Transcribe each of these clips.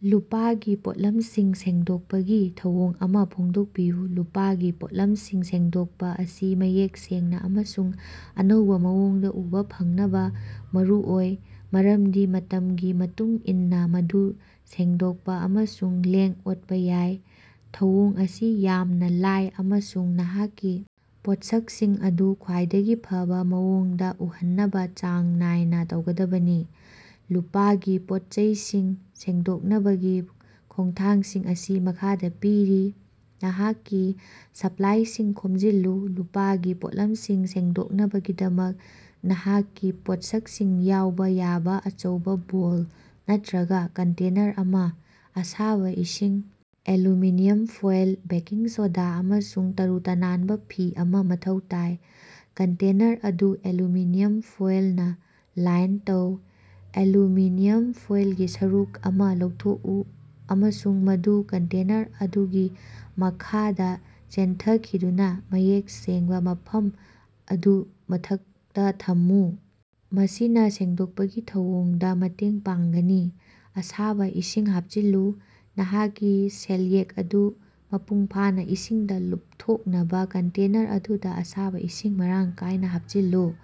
ꯂꯨꯄꯥꯒꯤ ꯄꯣꯠꯂꯝꯁꯤꯡ ꯁꯦꯡꯗꯣꯛꯄꯒꯤ ꯊꯧꯑꯣꯡ ꯑꯃꯥ ꯐꯣꯡꯗꯣꯛꯄꯤꯌꯨ꯫ ꯂꯨꯄꯥꯒꯤ ꯄꯣꯠꯂꯝꯁꯤꯡ ꯁꯦꯡꯗꯣꯛꯄ ꯑꯁꯤ ꯃꯌꯦꯛ ꯁꯦꯡꯅ ꯑꯃꯁꯨꯡ ꯑꯅꯧꯕ ꯃꯑꯣꯡꯗ ꯎꯕ ꯐꯪꯅꯕ ꯃꯔꯨꯑꯣꯏ, ꯃꯔꯝꯗꯤ ꯃꯇꯝꯒꯤ ꯃꯇꯨꯡ ꯏꯟꯅ ꯃꯗꯨ ꯁꯦꯡꯗꯣꯛꯄ ꯑꯃꯁꯨꯡ ꯂꯦꯡ-ꯑꯣꯠꯄ ꯌꯥꯏ꯫ ꯊꯧꯑꯣꯡ ꯑꯁꯤ ꯌꯥꯝꯅ ꯂꯥꯏ ꯑꯃꯁꯨꯡ ꯅꯍꯥꯛꯀꯤ ꯄꯣꯠꯁꯛꯁꯤꯡ ꯑꯗꯨ ꯈ꯭ꯋꯥꯏꯗꯒꯤ ꯐꯕ ꯃꯑꯣꯡꯗ ꯎꯍꯟꯅꯕ ꯆꯥꯡ ꯅꯥꯏꯅ ꯇꯧꯒꯗꯕꯅꯤ꯫ ꯂꯨꯄꯥꯒꯤ ꯄꯣꯠꯆꯩꯁꯤꯡ ꯁꯦꯡꯗꯣꯛꯅꯕꯒꯤ ꯈꯣꯡꯊꯥꯡꯁꯤꯡ ꯑꯁꯤ ꯃꯈꯥꯗ ꯄꯤꯔꯤ: ꯅꯍꯥꯛꯀꯤ ꯁꯄ꯭ꯂꯥꯏꯁꯤꯡ ꯈꯣꯝꯖꯤꯜꯂꯨ: ꯂꯨꯄꯥꯒꯤ ꯄꯣꯠꯂꯝꯁꯤꯡ ꯁꯦꯡꯗꯣꯛꯅꯕꯒꯤꯗꯃꯛ ꯅꯍꯥꯛꯀꯤ ꯄꯣꯠꯁꯛꯁꯤꯡ ꯌꯥꯎꯕ ꯌꯥꯕ ꯑꯆꯧꯕ ꯕꯣꯜ ꯅꯠꯇ꯭ꯔꯒ ꯀꯟꯇꯦꯅꯔ ꯑꯃ, ꯑꯁꯥꯕ ꯏꯁꯤꯡ, ꯑꯦꯂꯨꯃꯤꯅꯤꯌꯝ ꯐꯣꯏꯜ, ꯕꯦꯀꯤꯡ ꯁꯣꯗꯥ ꯑꯃꯁꯨꯡ ꯇꯔꯨ-ꯇꯅꯥꯟꯕ ꯐꯤ ꯑꯃ ꯃꯊꯧ ꯇꯥꯏ꯫ ꯀꯟꯇꯦꯅꯔ ꯑꯗꯨ ꯑꯦꯂꯨꯃꯤꯅꯤꯌꯝ ꯐꯣꯏꯜꯅ ꯂꯥꯏꯟ ꯇꯧ: ꯑꯦꯂꯨꯃꯤꯅꯤꯌꯝ ꯐꯣꯏꯜꯒꯤ ꯁꯔꯨꯛ ꯑꯃ ꯂꯧꯊꯣꯛꯎ ꯑꯃꯁꯨꯡ ꯃꯗꯨ ꯀꯟꯇꯦꯅꯔ ꯑꯗꯨꯒꯤ ꯃꯈꯥꯗ ꯆꯦꯟꯊꯈꯤꯗꯨꯅ ꯃꯌꯦꯛ ꯁꯦꯡꯕ ꯃꯐꯝ ꯑꯗꯨ ꯃꯊꯛꯇ ꯊꯝꯃꯨ꯫ ꯃꯁꯤꯅ ꯁꯦꯡꯗꯣꯛꯄꯒꯤ ꯊꯧꯑꯣꯡꯗ ꯃꯇꯦꯡ ꯄꯥꯡꯒꯅꯤ꯫ ꯑꯁꯥꯕ ꯏꯁꯤꯡ ꯍꯥꯞꯆꯤꯜꯂꯨ: ꯅꯍꯥꯛꯀꯤ ꯁꯦꯜꯌꯦꯛ ꯑꯗꯨ ꯃꯄꯨꯡꯐꯥꯅ ꯏꯁꯤꯡꯗ ꯂꯨꯞꯊꯣꯛꯅꯕ ꯀꯟꯇꯦꯅꯔ ꯑꯗꯨꯗ ꯑꯁꯥꯕ ꯏꯁꯤꯡ ꯃꯔꯥꯡ ꯀꯥꯏꯅ ꯍꯥꯞꯆꯤꯜꯂꯨ꯫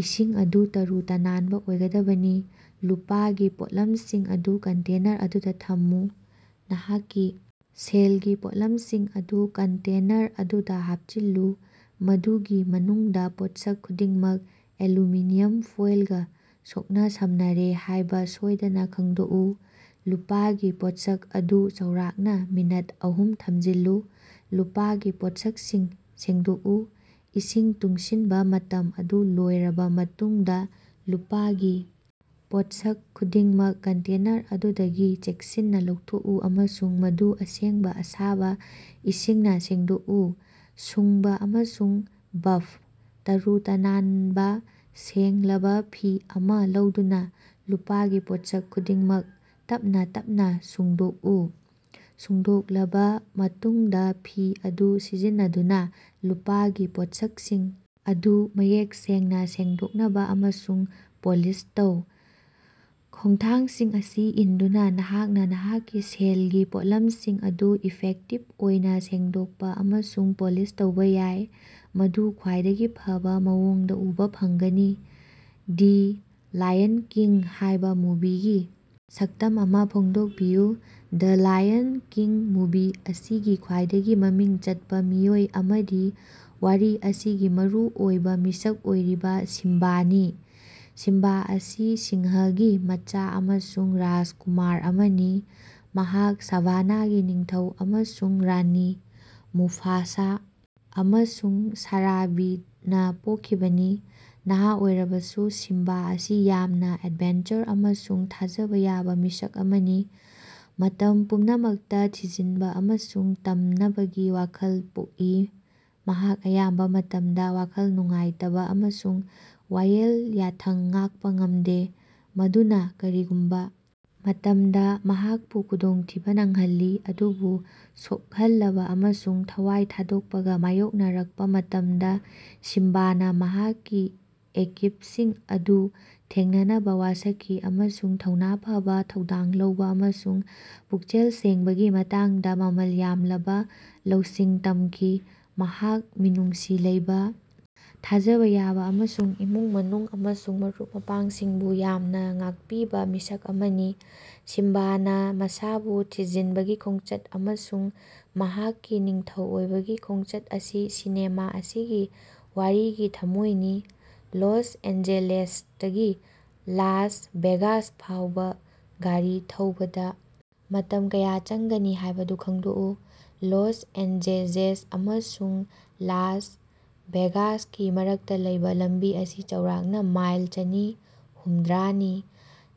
ꯏꯁꯤꯡ ꯑꯗꯨ ꯇꯔꯨ-ꯇꯅꯥꯟꯕ ꯑꯣꯏꯒꯗꯕꯅꯤ ꯫ ꯂꯨꯄꯥꯒꯤ ꯄꯣꯠꯂꯝꯁꯤꯡ ꯑꯗꯨ ꯀꯟꯇꯦꯅꯔ ꯑꯗꯨꯗ ꯊꯝꯃꯨ: ꯅꯍꯥꯛꯀꯤ ꯁꯦꯜꯒꯤ ꯄꯣꯠꯂꯝꯁꯤꯡ ꯑꯗꯨ ꯀꯟꯇꯦꯅꯔ ꯑꯗꯨꯗ ꯍꯥꯞꯆꯤꯜꯂꯨ, ꯃꯗꯨꯒꯤ ꯃꯅꯨꯡꯗ ꯄꯣꯠꯁꯛ ꯈꯨꯗꯤꯡꯃꯛ ꯑꯦꯂꯨꯃꯤꯅꯤꯌꯝ ꯐꯣꯏꯜꯒ ꯁꯣꯛꯅ-ꯁꯝꯅꯔꯦ ꯍꯥꯏꯕ ꯁꯣꯏꯗꯅ ꯈꯪꯗꯣꯛꯎ꯫ ꯂꯨꯄꯥꯒꯤ ꯄꯣꯠꯁꯛ ꯑꯗꯨ ꯆꯥꯎꯔꯥꯛꯅ ꯃꯤꯅꯠ ꯑꯍꯨꯝ ꯊꯝꯖꯤꯜꯂꯨ꯫ ꯂꯨꯄꯥꯒꯤ ꯄꯣꯠꯁꯛꯁꯤꯡ ꯁꯦꯡꯗꯣꯛꯎ: ꯏꯁꯤꯡ ꯇꯨꯡꯁꯤꯟꯕ ꯃꯇꯝ ꯑꯗꯨ ꯂꯣꯏꯔꯕ ꯃꯇꯨꯡꯗ ꯂꯨꯄꯥꯒꯤ ꯄꯣꯠꯁꯛ ꯈꯨꯗꯤꯡꯃꯛ ꯀꯟꯇꯦꯅꯔ ꯑꯗꯨꯗꯒꯤ ꯆꯦꯛꯁꯤꯟꯅ ꯂꯧꯊꯣꯛꯎ ꯑꯃꯁꯨꯡ ꯃꯗꯨ ꯑꯁꯦꯡꯕ ꯑꯁꯥꯕ ꯏꯁꯤꯡꯅ ꯁꯦꯡꯗꯣꯛꯎ꯫ ꯁꯨꯡꯕ ꯑꯃꯁꯨꯡ ꯕꯐ: ꯇꯔꯨ-ꯇꯅꯥꯟꯕ, ꯁꯦꯡꯂꯕꯥ ꯐꯤ ꯑꯃ ꯂꯧꯗꯨꯅ ꯂꯨꯄꯥꯒꯤ ꯄꯣꯠꯁꯛ ꯈꯨꯗꯤꯡꯃꯛ ꯇꯞꯅ ꯇꯞꯅ ꯁꯨꯡꯗꯣꯛꯎ꯫ ꯁꯨꯡꯗꯣꯛꯂꯕ ꯃꯇꯨꯡꯗ ꯐꯤ ꯑꯗꯨ ꯁꯤꯖꯤꯟꯅꯗꯨꯅ ꯂꯨꯄꯥꯒꯤ ꯄꯣꯠꯁꯛꯁꯤꯡ ꯑꯗꯨ ꯃꯌꯦꯛ ꯁꯦꯡꯅ ꯁꯦꯡꯗꯣꯛꯅꯕ ꯑꯃꯁꯨꯡ ꯄꯣꯂꯤꯁ ꯇꯧ꯫ ꯈꯣꯡꯊꯥꯡꯁꯤꯡ ꯑꯁꯤ ꯏꯟꯗꯨꯅ ꯅꯍꯥꯛꯅ ꯅꯍꯥꯛꯀꯤ ꯁꯦꯜꯒꯤ ꯄꯣꯠꯂꯝꯁꯤꯡ ꯑꯗꯨ ꯏꯐꯦꯛꯇꯤꯚ ꯑꯣꯏꯅ ꯁꯦꯡꯗꯣꯛꯄ ꯑꯃꯁꯨꯡ ꯄꯣꯂꯤꯁ ꯇꯧꯕ ꯌꯥꯏ꯫ ꯃꯗꯨ ꯈ꯭ꯋꯥꯏꯗꯒꯤ ꯐꯕ ꯃꯑꯣꯡꯗ ꯎꯕ ꯐꯪꯒꯅꯤ꯫ "ꯗꯤ ꯂꯥꯌꯟ ꯀꯤꯡ" ꯍꯥꯏꯕ ꯃꯨꯚꯤꯒꯤ ꯁꯛꯇꯝ ꯑꯃ ꯐꯣꯡꯗꯣꯛꯄꯤꯌꯨ꯫ ꯗ ꯂꯥꯌꯟ ꯀꯤꯡ ꯃꯨꯚꯤ ꯑꯁꯤꯒꯤ ꯈ꯭ꯋꯥꯏꯗꯒꯤ ꯃꯃꯤꯡ ꯆꯠꯄ ꯃꯤꯑꯣꯏ ꯑꯃꯗꯤ ꯋꯥꯔꯤ ꯑꯁꯤꯒꯤ ꯃꯔꯨ ꯑꯣꯏꯕ ꯃꯤꯁꯛ ꯑꯣꯏꯔꯤꯕ ꯁꯤꯝꯕꯥꯅꯤ꯫ ꯁꯤꯝꯕꯥ ꯑꯁꯤ ꯁꯤꯡꯍꯒꯤ ꯃꯆꯥ ꯑꯃꯁꯨꯡ ꯔꯥꯖꯀꯨꯃꯥꯔ ꯑꯃꯅꯤ꯫ ꯃꯍꯥꯛ ꯁꯥꯚꯥꯅꯥꯒꯤ ꯅꯤꯡꯊꯧ ꯑꯃꯁꯨꯡ ꯔꯥꯅꯤ, ꯃꯨꯐꯥꯁꯥ ꯑꯃꯁꯨꯡ ꯁꯥꯔꯥꯕꯤꯗꯅ ꯄꯣꯛꯈꯤꯕꯅꯤ꯫ ꯅꯍꯥ ꯑꯣꯏꯔꯕꯁꯨ, ꯁꯤꯝꯕꯥ ꯑꯁꯤ ꯌꯥꯝꯅ ꯑꯦꯗꯚꯦꯟꯆꯔ ꯑꯃꯁꯨꯡ ꯊꯥꯖꯕ ꯌꯥꯕ ꯃꯤꯁꯛ ꯑꯃꯅꯤ꯫ ꯃꯇꯝ ꯄꯨꯝꯅꯃꯛꯇ ꯊꯤꯖꯤꯟꯕ ꯑꯃꯁꯨꯡ ꯇꯝꯅꯕꯒꯤ ꯋꯥꯈꯜ ꯄꯣꯛꯏ꯫ ꯃꯍꯥꯛ ꯑꯌꯥꯝꯕ ꯃꯇꯃꯗ ꯋꯥꯈꯜ ꯅꯨꯡꯉꯥꯏꯇꯕ ꯑꯃꯁꯨꯡ ꯋꯥꯌꯦꯜ ꯌꯥꯊꯪ ꯉꯥꯛꯄ ꯉꯝꯗꯦ꯫ ꯃꯗꯨꯅ ꯀꯔꯤꯒꯨꯝꯕ ꯃꯇꯝꯗ ꯃꯍꯥꯛꯄꯨ ꯈꯨꯗꯣꯡꯊꯤꯕ ꯅꯪꯍꯜꯂꯤ꯫ ꯑꯗꯨꯕꯨ ꯁꯣꯛꯍꯜꯂꯕ ꯑꯃꯁꯨꯡ ꯊꯋꯥꯏ ꯊꯥꯗꯣꯛꯄꯒ ꯃꯥꯌꯣꯛꯅꯔꯛꯄ ꯃꯇꯝꯗ ꯁꯤꯝꯕꯥꯅ ꯃꯍꯥꯛꯀꯤ ꯑꯀꯤꯕꯁꯤꯡ ꯑꯗꯨ ꯊꯦꯡꯅꯅꯕ ꯋꯥꯁꯛꯈꯤ ꯑꯃꯁꯨꯡ ꯊꯧꯅꯥ ꯐꯕ, ꯊꯧꯗꯥꯡ ꯂꯧꯕ ꯑꯃꯁꯨꯡ ꯄꯨꯛꯆꯦꯜ ꯁꯦꯡꯕꯒꯤ ꯃꯇꯥꯡꯗ ꯃꯃꯜ ꯌꯥꯝꯂꯕ ꯂꯧꯁꯤꯡ ꯇꯝꯈꯤ꯫ ꯃꯍꯥꯛ ꯃꯤꯅꯨꯡꯁꯤ ꯂꯩꯕ, ꯊꯥꯖꯕ ꯌꯥꯕ ꯑꯃꯁꯨꯡ ꯏꯃꯨꯡ ꯃꯅꯨꯡ ꯑꯃꯁꯨꯡ ꯃꯔꯨꯞ ꯃꯄꯥꯡꯁꯤꯡꯕꯨ ꯌꯥꯝꯅ ꯉꯥꯛꯄꯤꯕ ꯃꯤꯁꯛ ꯑꯃꯅꯤ꯫ ꯁꯤꯝꯕꯥꯅ ꯃꯁꯥꯕꯨ ꯊꯤꯖꯤꯟꯕꯒꯤ ꯈꯣꯡꯆꯠ ꯑꯃꯁꯨꯡ ꯃꯍꯥꯛꯀꯤ ꯅꯤꯡꯊꯧ ꯑꯣꯏꯕꯒꯤ ꯈꯣꯡꯆꯠ ꯑꯁꯤ ꯁꯤꯅꯦꯃꯥ ꯑꯁꯤꯒꯤ ꯋꯥꯔꯤꯒꯤ ꯊꯃꯣꯏꯅꯤ꯫ ꯂꯣꯁ ꯑꯦꯟꯖꯦꯂꯦꯁꯇꯒꯤ ꯂꯥꯁ ꯚꯦꯒꯥꯁ ꯐꯥꯎꯕ ꯒꯥꯔꯤ ꯊꯧꯕꯗ ꯃꯇꯝ ꯀꯌꯥ ꯆꯪꯒꯅꯤ ꯍꯥꯌꯕꯗꯨ ꯈꯪꯗꯣꯛꯎ꯫ ꯂꯣꯁ ꯑꯦꯟꯖꯦꯖꯦꯁ ꯑꯃꯁꯨꯡ ꯂꯥꯁ ꯚꯦꯒꯥꯁꯀꯤ ꯃꯔꯛꯇ ꯂꯩꯕ ꯂꯝꯕꯤ ꯑꯁꯤ ꯆꯥꯎꯔꯥꯛꯅ ꯃꯥꯏꯜ ꯆꯅꯤ ꯍꯨꯝꯗ꯭ꯔꯥꯅꯤ꯫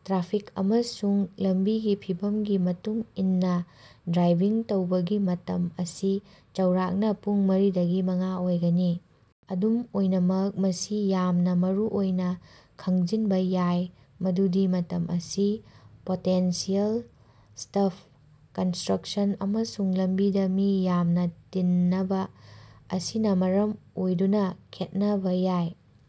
ꯇ꯭ꯔꯥꯐꯤꯛ ꯑꯃꯁꯨꯡ ꯂꯝꯕꯤꯒꯤ ꯐꯤꯚꯝꯒꯤ ꯃꯇꯨꯡ ꯏꯟꯅ ꯗ꯭ꯔꯥꯏꯚꯤꯡ ꯇꯧꯕꯒꯤ ꯃꯇꯝ ꯑꯁꯤ ꯆꯥꯎꯔꯥꯛꯅ ꯄꯨꯡ ꯃꯔꯤꯗꯒꯤ ꯃꯉꯥ ꯑꯣꯏꯒꯅꯤ꯫ ꯑꯗꯨꯝ ꯑꯣꯏꯅꯃꯛ ꯃꯁꯤ ꯌꯥꯝꯅ ꯃꯔꯨꯑꯣꯏꯅ ꯈꯪꯖꯤꯟꯕ ꯌꯥꯏ ꯃꯗꯨꯗꯤ ꯃꯇꯝ ꯑꯁꯤ ꯄꯣꯇꯦꯟꯁꯤꯌꯦꯜ ꯁ꯭ꯇꯞ, ꯀꯟꯁꯇ꯭ꯔꯛꯁꯟ ꯑꯃꯁꯨꯡ ꯂꯝꯕꯤꯗ ꯃꯤ ꯌꯥꯝꯅ ꯇꯤꯟꯅꯕ ꯑꯁꯤꯅ ꯃꯔꯝ ꯑꯣꯏꯗꯨꯅ ꯈꯦꯠꯅꯕ ꯌꯥꯏ꯫